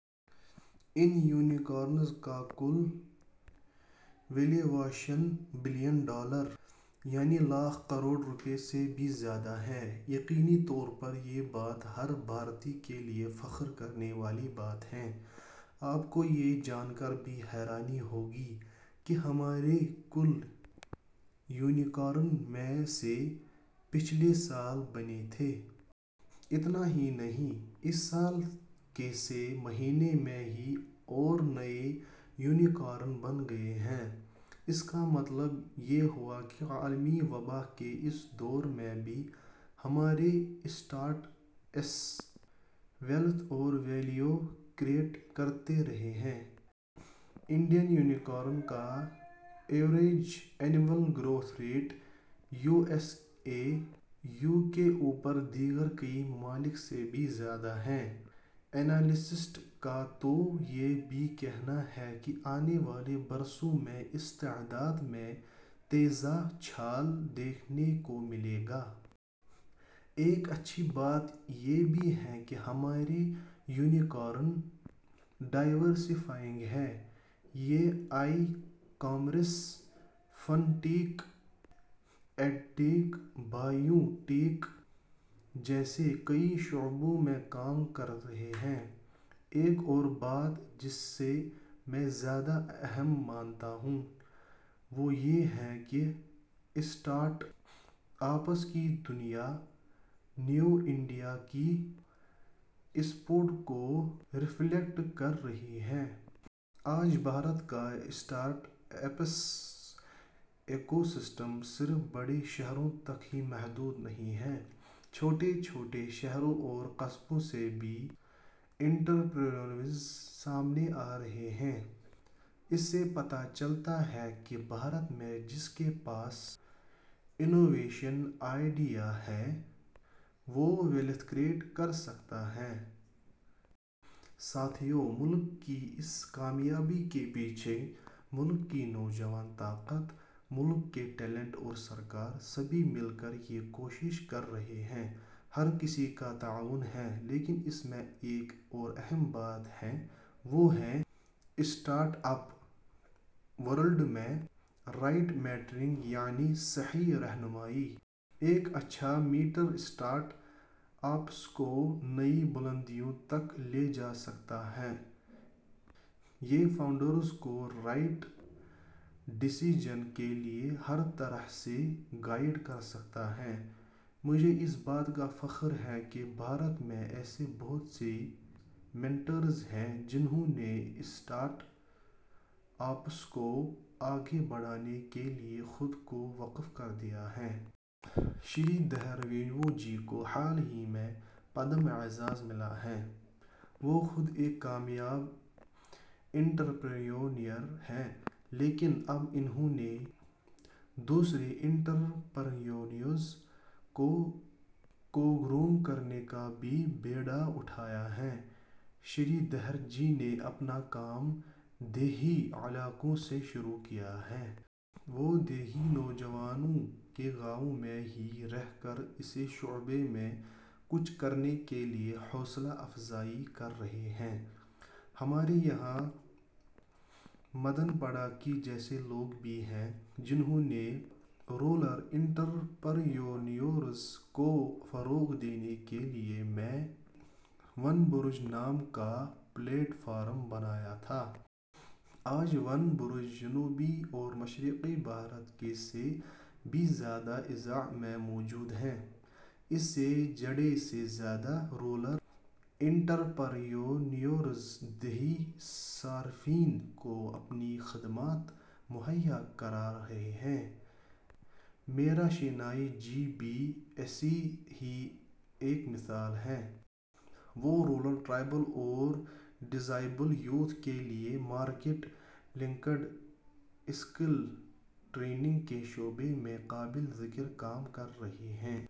ان unicorns کا کل valuation billion dollar, یعنی لاکھ کروڑ روپئے سے بھی زیادہ ہے۔ یقینی طور پر، یہ بات ، ہر بھارتی کے لئے فخر کرنے والی بات ہے۔ آپ کو یہ جانکر بھی حیرانی ہوگی، کہ ہمارے کل یونیکارن میں سے ، پچھلے سال بنے تھے۔ اتنا ہی نہیں ، اس سال کے سے مہینے میں ہی اور نئے یونیکارن بن گئے ہیں۔ اس کا مطلب یہ ہوا کہ عالمی وبا کے اس دور میں بھی ہمارے اسٹارٹ اپس، ویلتھ اور ویلیو کریٹ کرتے رہے ہیں۔ انڈین یونیکارن کا average annual growth rate, U S A, U K اور دیگر کئی ممالک سے بھی زیادہ ہے۔ اینالیسسٹس کا تو یہ بھی کہنا ہے کہ آنے والے برسوں میں اس تعداد میں تیزاچھال دیکھنے کو ملے گا۔ ایک اچھی بات یہ بھی ہے کہ ہمارے یونیکارن ڈائیورسی فائنگ ہیں۔ یہ e- commerce, fintech, edtech, biotech جیسے کئی شعبوں میں کام کررہے ہیں۔ ایک اور بات جسے میں زیادہ اہم مانتا ہوں وہ یہ ہے کہ اسٹارٹ-اپس کی دنیا نیو انڈیا کی اسپرٹ کو رفلیکٹ کررہی ہے۔ آج، بھارت کا اسٹارٹ اپس ایکوسسٹم صرف بڑے شہروں تک ہی محدود نہیں ہے، چھوٹے -چھوٹے شہروں اور قصبوں سے بھی انٹرپرینورز سامنے آرہے ہیں۔ اس سے پتہ چلتا ہے کہ بھارت میں جس کے پاس انوویشن آئڈیا ہے وہ، ویلتھ کریٹ کرسکتا ہے۔ ساتھیو، ملک کی اس کامیابی کے پیچھے، ملک کی نوجوان -طاقت ، ملک کے ٹیلینٹ اور سرکار، سبھی مل کر یہ کوشش کررہے ہیں، ہر کسی کا تعاون ہے، لیکن اس میں ایک اور اہم بات ہے، وہ ہے، اسٹارٹ-اپ ورلڈ میں، رائٹ مینٹرنگ ؛ یعنی، صحیح رہنمائی۔ ایک اچھا مینٹر اسٹارٹ-اپس کو نئی بلندیوں تک لے جاسکتا ہے۔ یہ فاؤنڈرز کو رائٹ ڈیسیزن کے لئے ہر طرح سے گائیڈ کرسکتا ہے۔ مجھے، اس بات کا فخر ہے کہ بھارت میں ایسے بہت سے مینٹرز ہیں جنہوں نے اسٹارٹ-اپس کو آگے بڑھانے کے لئے خود کو وقف کردیا ہے۔ شری دھر ویمبوجی کو حال ہی میں پدم اعزاز ملا ہے۔ وہ خود ایک کامیاب انٹرپریونیور ہیں، لیکن اب انہوں نے، دوسرے انٹرپریونیور کو گروم کرنے کا بھی بیڑا اٹھایا ہے۔ شری دھر جی نے اپنا کام دیہی علاقوں سے شروع کیا ہے۔ وہ، دیہی نوجوانوں کی گاؤں میں ہی رہ کر اس شعبے میں کچھ کرنے کے لئے حوصلہ افزائی کررہے ہیں۔ ہمارے یہاں مدن پڑاکی جیسے لوگ بھی ہیں جنہوں نے رورل انٹرپریونیورز کو فروغ دینے کے لئے میں ون-برج نام کا پلیٹ فارم بنایا تھا۔ آج ، ون-برج جنوبی اور مشرقی بھارت کے سے بھی زیادہ اضلاع میں موجود ہیں۔ اس سے جڑے سے زیادہ رورل انٹرپریونیورز دیہی صارفین کو اپنی خدمات مہیا کرا رہے ہیں۔ میرا شینائے جی بھی ایسی ہی ایک مثال ہیں۔ وہ رورل ٹرائبل اور ڈزایبل یوتھ کے لئے مارکٹ لنکڈ اسکل ٹریننگ کے شعبے میں قابل ذکر کام کررہی ہیں۔